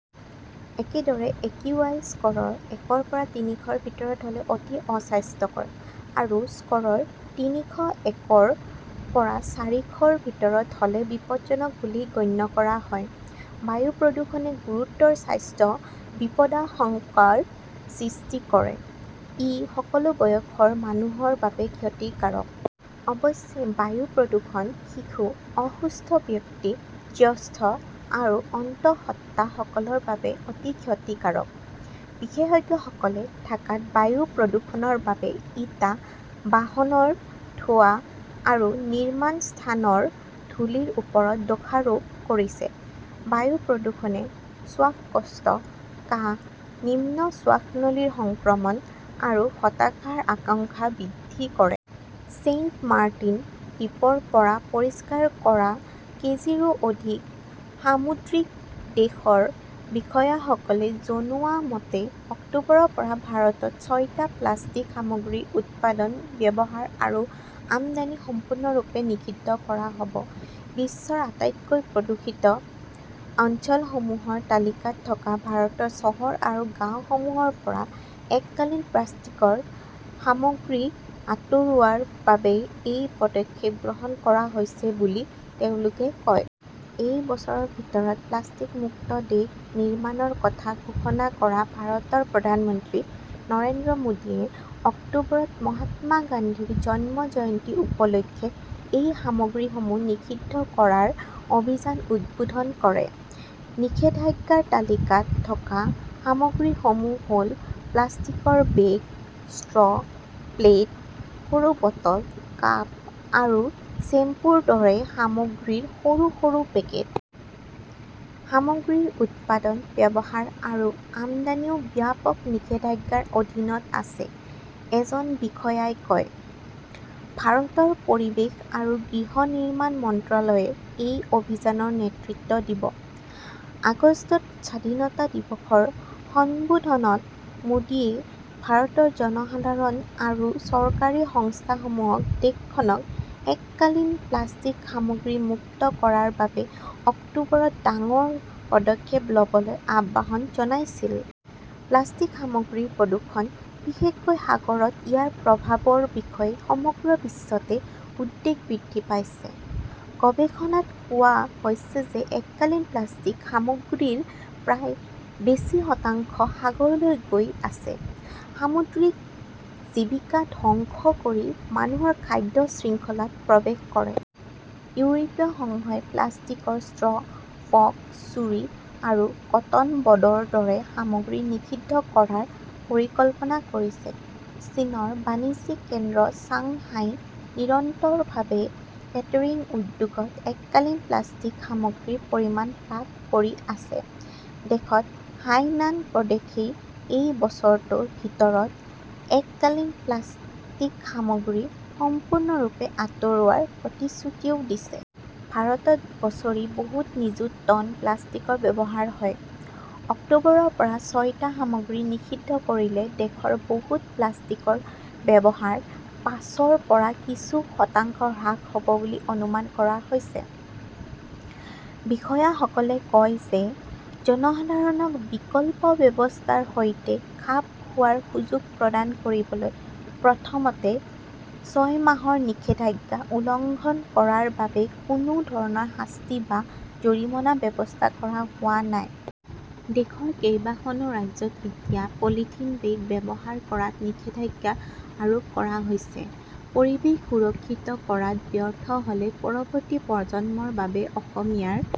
একেদৰে, AQI score একৰ পৰা তিনিশৰ ভিতৰত হ'লে "অতি অস্বাস্থ্যকৰ" আৰু স্ক'ৰ তিনিশ একৰ পৰা চাৰিশৰ ভিতৰত হ'লে "বিপদজনক" বুলি গণ্য কৰা হয়। বায়ু প্ৰদূষণে গুৰুতৰ স্বাস্থ্য বিপদাশংকাৰ সৃষ্টি কৰে। ই সকলো বয়সৰ মানুহৰ বাবে ক্ষতিকাৰক। অৱশ্যে, বায়ু প্ৰদূষণ শিশু, অসুস্থ ব্যক্তি, জ্যেষ্ঠ আৰু অন্তঃসত্ত্বা সকলৰ বাবে অতি ক্ষতিকাৰক। বিশেষজ্ঞসকলে ঢাকাত বায়ু প্ৰদূষণৰ বাবে ইটা, বাহনৰ ধোঁৱা আৰু নিৰ্মাণ স্থানৰ ধূলিৰ ওপৰত দোষাৰোপ কৰিছে। বায়ু প্ৰদূষণে শ্বাসকষ্ট, কাহ, নিম্ন শ্বাসনলীৰ সংক্ৰমণ আৰু হতাশাৰ আশংকা বৃদ্ধি কৰে। ছেইণ্টমাৰ্টিন দ্বীপৰ পৰা পৰিষ্কাৰ কৰা কেজিৰো অধিক সামুদ্ৰিকদেশৰ বিষয়াসকলে জনোৱা মতে অক্টোবৰৰ পৰা ভাৰতত ছয়টা প্লাষ্টিক সামগ্ৰীৰ উৎপাদন, ব্যৱহাৰ আৰু আমদানি সম্পূৰ্ণৰূপে নিষিদ্ধ কৰা হ'ব। বিশ্বৰ আটাইতকৈ প্ৰদূষিত অঞ্চলসমূহৰ তালিকাত থকা ভাৰতৰ চহৰ আৰু গাঁওসমূহৰ পৰা এককালীন প্লাষ্টিকৰ সামগ্ৰী আঁতৰোৱাৰ বাবে এই পদক্ষেপ গ্ৰহণ কৰা হৈছে বুলি তেওঁলোকে কয়। এই বছৰৰ ভিতৰত প্লাষ্টিকমুক্ত দেশ নিৰ্মাণৰ কথা ঘোষণা কৰা ভাৰতৰ প্ৰধানমন্ত্ৰী নৰেন্দ্ৰ মোদীয়ে অক্টোবৰত মহাত্মা গান্ধীৰ জন্ম জয়ন্তী উপলক্ষে এই সামগ্ৰীসমূহ নিষিদ্ধ কৰাৰ অভিযান উদ্বোধন কৰিব। নিষেধাজ্ঞাৰ তালিকাত থকা সামগ্ৰীসমূহ হ'ল প্লাষ্টিকৰ বেগ, ষ্ট্ৰ', প্লেট, সৰু বটল, কাপ আৰু শ্বেম্পুৰ দৰে সামগ্ৰীৰ সৰু সৰু পেকেট। "সামগ্ৰীৰ উৎপাদন, ব্যৱহাৰ আৰু আমদানিও ব্যাপক নিষেধাজ্ঞাৰ অধীনত আছে", এজন বিষয়াই কয়। ভাৰতৰ পৰিৱেশ আৰু গৃহ নিৰ্মাণ মন্ত্ৰালয়ে এই অভিযানৰ নেতৃত্ব দিব। আগষ্টত স্বাধীনতা দিৱসৰ সম্বোধনত মোদীয়ে ভাৰতৰ জনসাধাৰণ আৰু চৰকাৰী সংস্থাসমূহক দেশখনক এককালীন প্লাষ্টিক সামগ্ৰী মুক্ত কৰাৰ বাবে অক্টোবৰত ডাঙৰ পদক্ষেপ ল'বলৈ আহ্বান জনাইছিল। প্লাষ্টিক সামগ্ৰীৰ প্ৰদূষণ, বিশেষকৈ সাগৰত ইয়াৰ প্ৰভাৱৰ বিষয়ে সমগ্ৰ বিশ্বতে উদ্বেগ বৃদ্ধি পাইছে। গৱেষণাত কোৱা হৈছে যে এককালীন প্লাষ্টিক সামগ্ৰীৰ প্ৰায় বেছি শতাংশ সাগৰলৈ গৈ আছে। সামুদ্ৰিক জীৱিকা ধ্বংস কৰি মানুহৰ খাদ্য শৃংখলাত প্ৰৱেশ কৰে। ইউৰোপীয় সংঘই প্লাষ্টিকৰ ষ্ট্ৰ', ফৰ্ক, ছুৰী আৰু কটন বডৰ দৰে সামগ্ৰী নিষিদ্ধ কৰাৰ পৰিকল্পনা কৰিছে। চীনৰ বাণিজ্যিক কেন্দ্ৰ চাংহাই নিৰন্তৰভাৱে কেটাৰিং উদ্যোগত এককালীন প্লাষ্টিক সামগ্ৰীৰ পৰিমাণ হ্ৰাস কৰি আছে । দেশৰ হেইনান প্ৰদেশই এই বছৰটো ভিতৰত এককালীন প্লাষ্টিক সামগ্ৰী সম্পূৰ্ণৰূপে আঁতৰোৱাৰ প্ৰতিশ্ৰুতিও দিছে। ভাৰতত বছৰি বহুত নিযুত টন প্লাষ্টিকৰ ব্যৱহাৰ হয়, অক্টোবৰৰ পৰা ছয়টা সামগ্ৰী নিষিদ্ধ কৰিলে দেশৰ মুঠ প্লাষ্টিকৰ ব্যৱহাৰ পাঁচৰ পৰা কিছু শতাংশ হ্ৰাস হ'ব বুলি অনুমান কৰা হৈছে। বিষয়াসকলে কয় যে জনসাধাৰণক বিকল্প ব্যৱস্থাৰ সৈতে খাপ খোৱাৰ সুযোগ প্ৰদান কৰিবলৈ প্ৰথমতে ছয় মাহৰ নিষেধাজ্ঞা উলংঘন কৰাৰ বাবে কোনো ধৰণৰ শাস্তি বা জৰিমনাৰ ব্যৱস্থা কৰা হোৱা নাই। দেশৰ কেইবাখনো ৰাজ্যত এতিয়া পলিথিন বেগ ব্যৱহাৰ কৰাত নিষেধাজ্ঞা আৰোপ কৰা হৈছে। পৰিৱেশ সুৰক্ষিত কৰাত ব্যৰ্থ হ'লে পৰৱৰ্তী প্ৰজন্মৰ বাবে অসমীয়াৰ